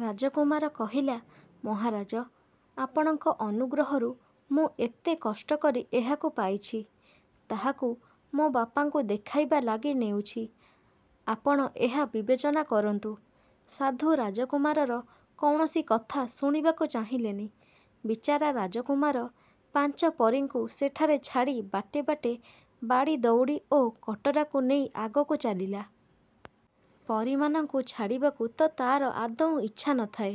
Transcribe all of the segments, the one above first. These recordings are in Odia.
'' ରାଜକୁମାର କହିଲା- ''ମହାରାଜ, ଆପଣଙ୍କ ଅନୁଗ୍ରହରୁ ମୁଁ ଏତେ କଷ୍ଟକରି ଏହାକୁ ପାଇଛି। ତାହାକୁ ମୋ ବାପାଙ୍କୁ ଦେଖାଇବା ଲାଗି ନେଉଛି। ଆପଣ ଏହା ବିବେଚନା କରନ୍ତୁ। '' ସାଧୁ ରାଜକୁମାରର କୌଣସି କଥା ଶୁଣିବାକୁ ଚାହିଁଲେନି। ବିଚାରା ରାଜକୁମାର ପାଞ୍ଚପରୀଙ୍କୁ ସେଠାରେ ଛାଡ଼ି ବାଟେ ବାଟେ ବାଡ଼ି ଦଉଡ଼ି ଓ କଟରାକୁ ନେଇ ଆଗକୁ ଚାଲିଲା। ପରୀମାନଙ୍କୁ ଛାଡ଼ିବାକୁ ତ ତା'ର ଆଦୌ ଇଚ୍ଛା ନଥାଏ।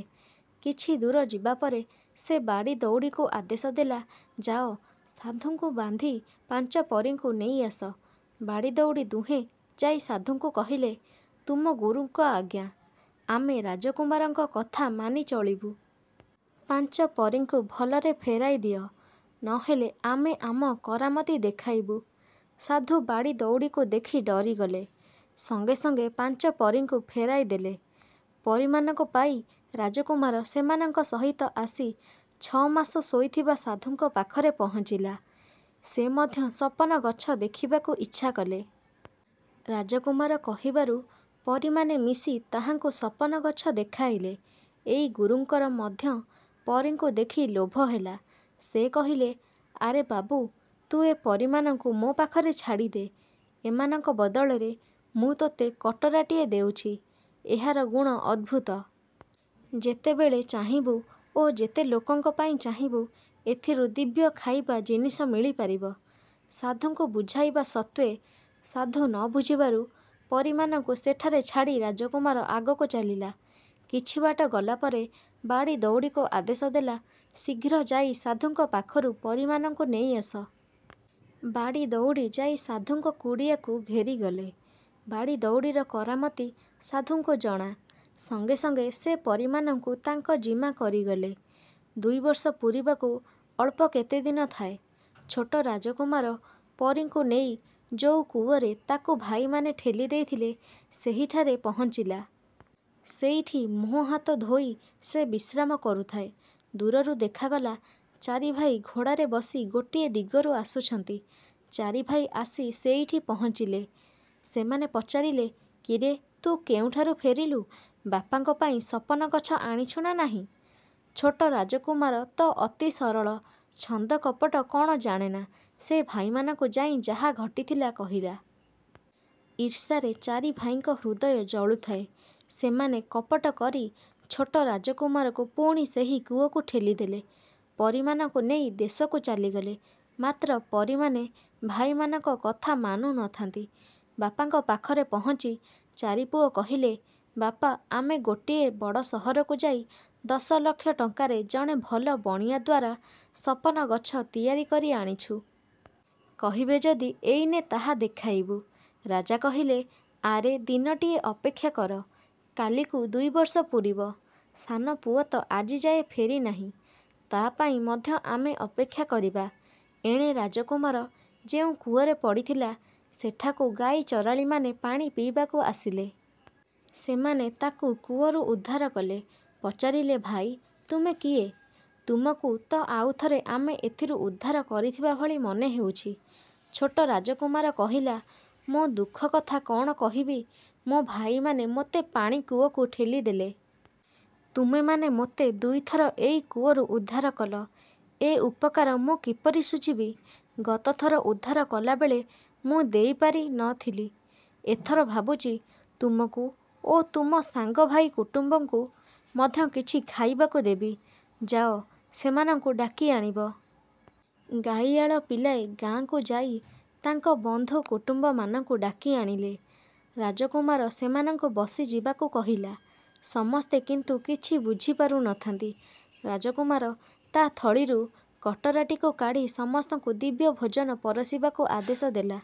କିଛିଦୂର ଯିବା ପରେ ସେ ବାଡ଼ି ଦଉଡ଼ିକୁ ଆଦେଶ ଦେଲା-''ଯାଅ, ସାଧୁଙ୍କୁ ବାନ୍ଧି ପାଞ୍ଚପରୀଙ୍କୁ ନେଇ ଆସ। '' ବାଡ଼ି ଦଉଡ଼ି ଦୁହେଁ ଯାଇ ସାଧୁଙ୍କୁ କହିଲେ- ''ତୁମ ଗୁରୁଙ୍କ ଆଜ୍ଞା, ଆମେ ରାଜକୁମାରଙ୍କ କଥା ମାନି ଚଳିବୁ! ପାଞ୍ଚପରୀଙ୍କୁ ଭଲରେ ଫେରାଇ ଦିଅ। ନହେଲେ ଆମେ ଆମ କରାମତି ଦେଖାଇବୁ। '' ସାଧୁ ବାଡ଼ି ଦଉଡ଼ିକୁ ଦେଖି ଡରିଗଲେ। ସଙ୍ଗେ ସଙ୍ଗେ ପାଞ୍ଚ ପରୀଙ୍କୁ ଫେରାଇ ଦେଲେ। ପରୀମାନଙ୍କୁ ପାଇ ରାଜକୁମାର ସେମାନଙ୍କ ସହିତ ଆସି ଛ'ମାସ ଶୋଇଥିବା ସାଧୁଙ୍କ ପାଖରେ ପହଞ୍ଚିଲା। ସେ ମଧ୍ୟ ସପନ ଗଛ ଦେଖିବାକୁ ଇଚ୍ଛାକଲେ। ରାଜକୁମାର କହିବାରୁ ପରୀମାନେ ମିଶି ତାହାଙ୍କୁ ସପନ ଗଛ ଦେଖାଇଲେ। ଏଇ ଗୁରୁଙ୍କର ମଧ୍ୟ ପରୀଙ୍କୁ ଦେଖି ଲୋଭ ହେଲା। ସେ କହିଲେ- ''ଆରେ ବାବୁ, ତୁ ଏ ପରୀମାନଙ୍କୁ ମୋ ପାଖରେ ଛାଡ଼ି ଦେ'। ଏମାନଙ୍କ ବଦଳରେ ମୁଁ ତୋତେ କଟରାଟିଏ ଦେଉଛି। ଏହାର ଗୁଣ ଅଦ୍ଭୁତ। ଯେତେବେଳେ ଚାହିଁବୁ ଓ ଯେତେଲୋକଙ୍କ ପାଇଁ ଚାହିଁବୁ ଏଥିରୁ ଦିବ୍ୟ ଖାଇବା ଜିନିଷ ମିଳିପାରିବ। '' ସାଧୁଙ୍କୁ ବୁଝାଇବା ସତ୍ତ୍ୱେ ସାଧୁ ନ ବୁଝିବାରୁ ପରୀମାନଙ୍କୁ ସେଠାରେ ଛାଡ଼ି ରାଜକୁମାର ଆଗକୁ ଚାଲିଲା। କିଛି ବାଟ ଗଲାପରେ ବାଡ଼ି ଦଉଡ଼ିକୁ ଆଦେଶ ଦେଲା-''ଶିଘ୍ର ଯାଇ ସାଧୁଙ୍କ ପାଖରୁ ପରୀମାନଙ୍କୁ ନେଇ ଆସ। '' ବାଡ଼ି ଦଉଡ଼ି ଯାଇ ସାଧୁଙ୍କ କୁଡ଼ିଆକୁ ଘେରିଗଲେ। ବାଡ଼ି ଦଉଡ଼ିର କରାମତି ସାଧୁଙ୍କୁ ଜଣା। ସଙ୍ଗେ ସଙ୍ଗେ ସେ ପରୀମାନଙ୍କୁ ତାଙ୍କ ଜିମା କରିଗଲେ। ଦୁଇବର୍ଷ ପୂରିବାକୁ ଅଳ୍ପ କେତେଦିନ ଥାଏ। ଛୋଟ ରାଜକୁମାର ପରୀଙ୍କୁ ନେଇ ଯୋଉ କୂଅରେ ତାକୁ ଭାଇମାନେ ଠେଲି ଦେଇଥିଲେ ସେହିଠାରେ ପହଞ୍ଚିଲା। ସେଇଠି ମୁହଁ ହାତ ଧୋଇ ସେ ବିଶ୍ରାମ କରୁଥାଏ। ଦୂରରୁ ଦେଖାଗଲା, ଚାରିଭାଇ ଘୋଡ଼ାରେ ବସି ଗୋଟିଏ ଦିଗରୁ ଆସୁଛନ୍ତି। ଚାରିଭାଇ ଆସି ସେଇଠି ପହଞ୍ଚିଲେ। ସେମାନେ ପଚାରିଲେ- ''କିରେ, ତୁ କେଉଁଠାରୁ ଫେରିଲୁ! ବାପାଙ୍କ ପାଇଁ ସପନ ଗଛ ଆଣିଛୁ ନା ନାହିଁ? '' ଛୋଟ ରାଜକୁମାର ତ ଅତି ସରଳ; ଛନ୍ଦ କପଟ କ'ଣ ଜାଣେନା ସେ ଭାଇମାନଙ୍କୁ ଯାଇ ଯାହା ଘଟିଥିଲା କହିଲା। ଈର୍ଷାରେ ଚାରିଭାଇଙ୍କ ହୃଦୟ ଜଳୁଥାଏ। ସେମାନେ କପଟ କରି ଛୋଟ ରାଜକୁମାରକୁ ପୁଣି ସେହି କୂଅକୁ ଠେଲିଦେଲେ। ପରୀମାନଙ୍କୁ ନେଇ ଦେଶକୁ ଚାଲିଗଲେ। ମାତ୍ର ପରୀମାନେ ଭାଇମାନଙ୍କ କଥା ମାନୁ ନଥାନ୍ତି। ବାପାଙ୍କ ପାଖରେ ପହଞ୍ଚି ଚାରିପୁଅ କହିଲେ- ''ବାପା ଆମେ ଗୋଟିଏ ବଡ଼ ସହରକୁ ଯାଇ ଦଶ ଲକ୍ଷ ଟଙ୍କାରେ ଜଣେ ଭଲ ବଣିଆଦ୍ୱାରା ସପନ ଗଛ ତିଆରି କରି ଆଣିଛୁ। କହିବେ ଯଦି ଏଇନେ ତାହା ଦେଖାଇବୁ। '' ରାଜା କହିଲେ- ''ଆରେ ଦିନଟିଏ ଅପେକ୍ଷା କର। କାଲିକୁ ଦୁଇବର୍ଷ ପୂରିବ। ସାନ ପୁଅତ ଆଜିଯାଏ ଫେରିନାହିଁ। ତା' ପାଇଁ ମଧ୍ୟ ଆମେ ଅପେକ୍ଷା କରିବା। '' ଏଣେ ରାଜକୁମାର ଯେଉଁ କୂଅରେ ପଡ଼ିଥିଲା, ସେଠାକୁ ଗାଈ ଚରାଳୀମାନେ ପାଣି ପିଇବାକୁ ଆସିଲେ। ସେମାନେ ତାକୁ କୂଅରୁ ଉଦ୍ଧାର କଲେ। ପଚାରିଲେ- ''ଭାଇ, ତୁମେ କିଏ? ତମକୁ ତ ଆଉଥରେ ଆମେ ଏଥିରୁ ଉଦ୍ଧାର କରିଥିବା ଭଳି ମନେହେଉଛି। '' ଛୋଟ ରାଜକୁମାର କହିଲା- ''ମୋ ଦୁଃଖ କଥା କ'ଣ କହିବି? ମୋ ଭାଇମାନେ ମୋତେ ପୁଣି କୂଅକୁ ଠେଲିଦେଲେ। ତୁମେମାନେ ମୋତେ ଦୁଇଥର ଏଇ କୂଅରୁ ଉଦ୍ଧାର କଲ। ଏ ଉପକାର ମୁଁ କିପରି ଶୁଝିବି? ଗତଥର ଉଦ୍ଧାର କଲାବେଳେ ମୁଁ ଦେଇପାରି। ନଥିଲି। ଏଥର ଭାବୁଛି, ତୁମକୁ ଓ ତୁମ ସାଙ୍ଗ ଭାଇ କୁଟୁମ୍ବଙ୍କୁ ମଧ୍ୟ କିଛି ଖାଇବାକୁ ଦେବି। ଯାଅ, ସେମାନଙ୍କୁ ଡାକି ଆଣିବ। '' ଗାଈଆଳ ପିଲାଏ ଗାଁକୁଯାଇ ତାଙ୍କ ବନ୍ଧୁ କୁଟୁମ୍ବମାନଙ୍କୁ ଡାକି ଆଣିଲେ। ରାଜକୁମାର ସେମାନଙ୍କୁ ବସିଯିବାକୁ କହିଲା। ସମସ୍ତେ କିନ୍ତୁ କିଛି ବୁଝିପାରୁ ନଥାନ୍ତି। ରାଜକୁମାର ତା' ଥଳିରୁ କଟରାଟିକୁ କାଢ଼ି ସମସ୍ତଙ୍କୁ ଦିବ୍ୟ ଭୋଜନ ପରଷିବାକୁ ଆଦେଶ ଦେଲା।